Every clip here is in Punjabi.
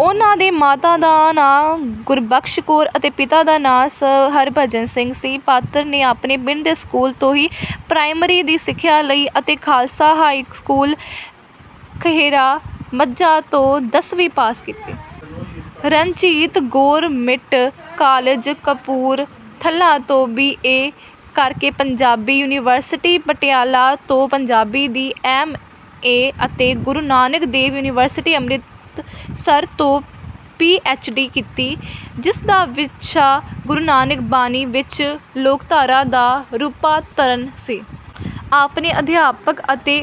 ਉਨ੍ਹਾਂ ਦੇ ਮਾਤਾ ਦਾ ਨਾਂ ਗੁਰਬਖਸ਼ ਕੌਰ ਅਤੇ ਪਿਤਾ ਦਾ ਨਾਂ ਸ. ਹਰਭਜਨ ਸਿੰਘ ਸੀ। ਪਾਤਰ ਨੇ ਆਪਣੇ ਪਿੰਡ ਦੇ ਸਕੂਲ ਤੋਂ ਹੀ ਪ੍ਰਾਇਮਰੀ ਦੀ ਸਿੱਖਿਆ ਲਈ ਅਤੇ ਖਾਲਸਾ ਹਾਈ ਸਕੂਲ ਖਹਿਰਾ ਮਝਾ ਤੋਂ ਦਸਵੀਂ ਪਾਸ ਕੀਤੀ। ਰਣਧੀਰ ਗੌਰਮਿੰਟ ਕਾਲਜ ਕਪੂਰਥਲਾ ਤੋਂ ਬੀ. ਏ ਕਰਕੇ ਪੰਜਾਬੀ ਯੂਨੀਵਰਸਿਟੀ, ਪਟਿਆਲਾ ਤੋਂ ਪੰਜਾਬੀ ਦੀ ਐਮ. ਏ. ਅਤੇ ਗੁਰੂ ਨਾਨਕ ਦੇਵ ਯੂਨੀਵਰਿਸਟੀ, ਅੰਮ੍ਰਿਤਸਰ ਤੋਂ ਪੀ. ਐਚ. ਡੀ ਕੀਤੀ। ਜਿਸਦਾ ਵਿਸ਼ਾ "ਗੁਰੂ ਨਾਨਕ ਬਾਣੀ ਵਿੱਚ ਲੋਕਧਾਰਾ ਦਾ ਰੂਪਾਂਤਰਣ" ਸੀ। ਆਪਣੇ ਅਧਿਆਪਕ ਅਤੇ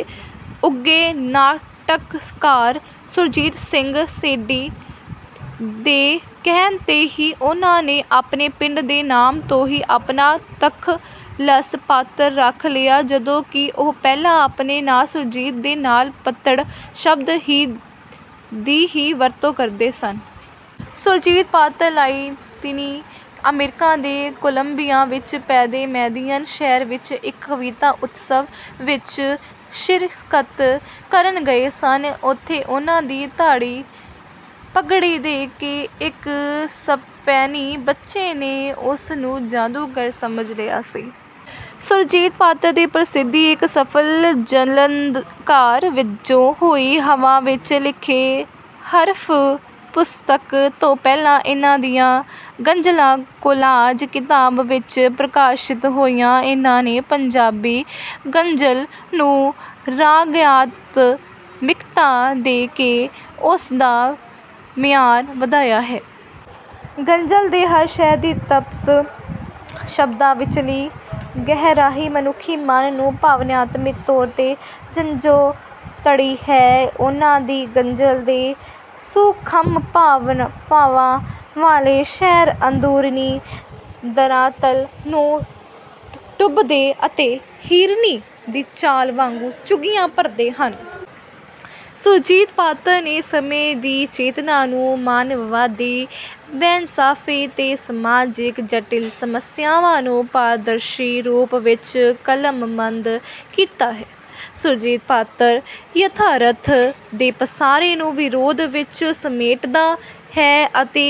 ਉੱਘੇ ਨਾਟਕਕਾਰ ਸੁਰਜੀਤ ਸਿੰਘ ਸੇਠੀ ਦੇ ਕਹਿਣ 'ਤੇ ਹੀ ਉਹਨਾਂ ਨੇ ਆਪਣੇ ਪਿੰਡ ਦੇ ਨਾਮ ਤੋਂ ਹੀ ਆਪਣਾ ਤਖੱਲਸ 'ਪਾਤਰ' ਰੱਖ ਲਿਆ, ਜਦੋਂ ਕਿ ਉਹ ਪਹਿਲਾਂ ਆਪਣੇ ਨਾਂ ਸੁਰਜੀਤ ਦੇ ਨਾਲ ਪੱਤੜ ਸ਼ਬਦ ਦੀ ਹੀ ਵਰਤੋਂ ਕਰਦੇ ਸਨ। ਸੁਰਜੀਤ ਪਾਤਰ ਲਾਤੀਨੀ ਅਮਰੀਕਾ ਦੇ ਕੋਲੰਬੀਆ ਵਿੱਚ ਪੈਂਦੇ ਮੈਦਿਯਨ ਸ਼ਹਿਰ ਵਿੱਚ ਇੱਕ ਕਵਿਤਾ ਉਤਸਵ ਵਿੱਚ ਸ਼ਿਰਕਤ ਕਰਨ ਗਏ ਸਨ। ਓਥੇ ਉਨ੍ਹਾਂ ਦੀ ਦਾੜ੍ਹੀ, ਪਗੜੀ ਦੇਖ ਕੇ ਇੱਕ ਸਪੇਨੀ ਬੱਚੇ ਨੇ ਉਸ ਨੂੰ ਜਾਦੂਗਰ ਸਮਝ ਲਿਆ ਸੀ। ਸੁਰਜੀਤ ਪਾਤਰ ਦੀ ਪ੍ਰਸਿੱਧੀ ਇੱਕ ਸਫਲ ਗਜ਼ਲਕਾਰ ਵਜੋਂ ਹੋਈ। 'ਹਵਾ ਵਿੱਚ ਲਿਖੇ ਹਰਫ਼' ਪੁਸਤਕ ਤੋਂ ਪਹਿਲਾਂ ਇਨ੍ਹਾਂ ਦੀਆਂ ਗਜ਼ਲਾਂ 'ਕੋਲਾਜ਼' ਕਿਤਾਬ ਵਿੱਚ ਪ੍ਰਕਾਸ਼ਿਤ ਹੋਈਆਂ। ਇਨ੍ਹਾਂ ਨੇ ਪੰਜਾਬੀ ਗ਼ਜ਼ਲ ਨੂੰ ਰਾਗਆਤਮਿਕਤਾ ਦੇ ਕੇ ਉਸ ਦਾ ਮਿਆਰ ਵਧਾਇਆ ਹੈ। ਗ਼ਜ਼ਲ ਦੇ ਹਰ ਸ਼ੇਅਰ ਦੀ ਤਪਸ਼, ਸ਼ਬਦਾਂ ਵਿਚਲੀ ਗਹਿਰਾਈ ਮੁਨੱਖੀ ਮਨ ਨੂੰ ਭਾਵਨਾਤਮਿਕ ਤੌਰ ਤੇ ਝੰਜੋੜਦੀ ਹੈ। ਉਨ੍ਹਾਂ ਦੀ ਗ਼ਜ਼ਲ ਦੇ ਸੂਖਮ ਭਾਵਾਂ ਵਾਲੇ ਸ਼ੇਅਰ, ਅੰਦਰੂਨੀ ਧਰਾਤਲ ਨੂੰ ਟੁੰਬਦੇ ਅਤੇ ਹਿਰਨੀ ਦੀ ਚਾਲ ਵਾਂਗੂ ਚੁੰਗੀਆਂ ਭਰਦੇ ਹਨ। ਸੁਰਜੀਤ ਪਾਤਰ ਨੇ ਸਮੇਂ ਦੀ ਚੇਤਨਾ ਨੂੰ ਮਾਨਵਵਾਦੀ, ਬੇਇਨਸਾਫੀ ਤੇ ਸਮਾਜਿਕ ਜਟਿਲ ਸਮੱਸਿਆਵਾਂ ਨੂੰ ਪਾਰਦਰਸ਼ੀ ਰੂਪ ਵਿਚ ਕਲਮਬੰਦ ਕੀਤਾ ਹੈ। ਸੁਰਜੀਤ ਪਾਤਰ ਯਥਾਰਥ ਦੇ ਪਸਾਰੇ ਨੂੰ ਵਿਰੋਧ ਵਿਚ ਸਮੇਟਦਾ ਹੈ ਅਤੇ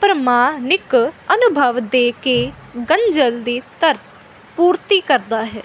ਪ੍ਰਮਾਣਿਕ ਅਨੁਭਵ ਦੇ ਕੇ ਗ਼ਜ਼ਲ ਦੀ ਪੂਰਤੀ ਕਰਦਾ ਹੈ।